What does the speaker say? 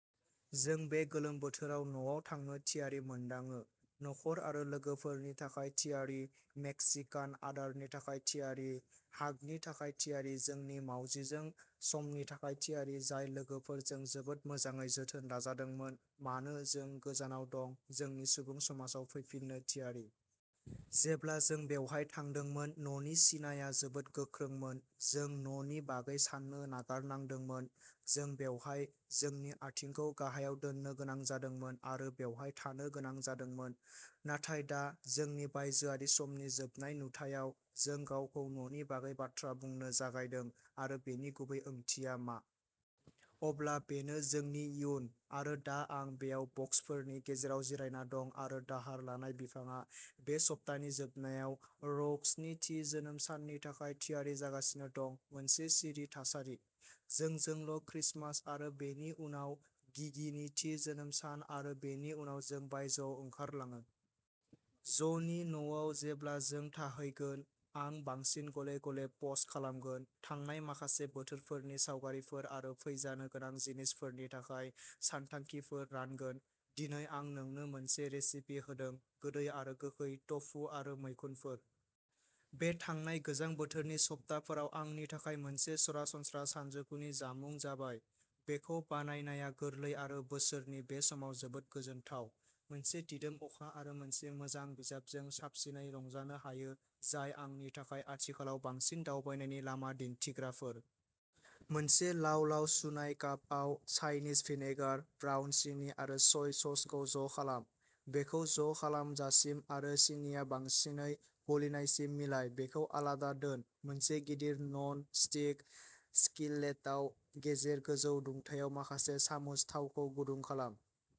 जों बे गोलोम बोथोराव न'आव थांनो थियारि मोनदाङो, नखर आरो लोगोफोरनि थाखाय थियारि, मेक्सिकान आदारनि थाखाय थियारि, हागनि थाखाय थियारि, जोंनि मावजिजों समनि थाखाय थियारि जाय लोगोफोरजों जोबोद मोजाङै जोथोन लाजादोंमोन मानो जों गोजानाव दं, जोंनि सुबुं समाजाव फैफिननो थियारि। जेब्ला जों बेवहाय थांदोंमोन, न'नि सिनाया जोबोद गोख्रोंमोन, जों "न'" नि बागै साननो नागारनांदोंमोन। जों बेवहाय जोंनि आथिंखौ गाहायाव दोन्नो गोनां जादोंमोन आरो बेवहाय थानो गोनां जादोंमोन। नाथाय दा, जोंनि बायजोआरि समनि जोबनाय नुथायाव, जों गावखौ न'नि बागै बाथ्रा बुंनो जागायदों, आरो बेनि गुबै ओंथिया मा। अब्ला बेनो जोंनि इयुन, आरो दा आं बेयाव बक्सफोरनि गेजेराव जिरायना दं आरो दाहार लानाय बिफांआ बे सप्तानि जोबनायाव रौक्सनि थि जोनोम साननि थाखाय थियारि जागासिनो दं, मोनसे सिरि थासारि। जोंजोंल'क्रिसमास, आरो बेनि उनाव गिगिनि थि जोनोम सान-आरो बेनि उनाव जों बायजोआव ओंखारलाङो। ज'नि न'आव जेब्ला जों थाहैगोन, आं बांसिन गले-गले पस्ट खालामगोन, थांनाय माखासे बोथोरफोरनि सावगारिफोर आरो फैजानो गोनां जिनिसफोरनि थाखाय सानथांखिफोर रानगोन। दिनै आं नोंनो मोनसे रेसिपि होदोंः गोदै आरो गोखै टफु आरो मैखुनफोर। बे थांनाय गोजां बोथोरनि सप्ताफोराव आंनि थाखाय मोनसे सरासनस्रा सानजौफुनि जामुं जाबाय। बेखौ बानायनाया गोरलै आरो बोसोरनि बे समाव जोबोद गोजोनथाव। मोनसे दिदोम अखा आरो मोनसे मोजां बिजाबजों साबसिनै रंजानो हायो-जाय आंनि थाखाय आथिखालाव बांसिन दावबायनायनि लामा दिन्थिग्राफोर। मोनसे लाव-लाव सुनाय कापआव, चाइनिज भिनेगार, ब्राउन सिनि आरो सय ससखौ ज'खालाम। बेखौ ज'खालामजासिम आरो सिनिआ बांसिनै गलिनायसिम मिलाय। बेखौ आलादा दोन। मोनसे गिदिर नन-स्टिक स्किलेटआव, गेजेर गोजौ दुंथायाव माखासे सामुस थावखौ गुदुं खालाम।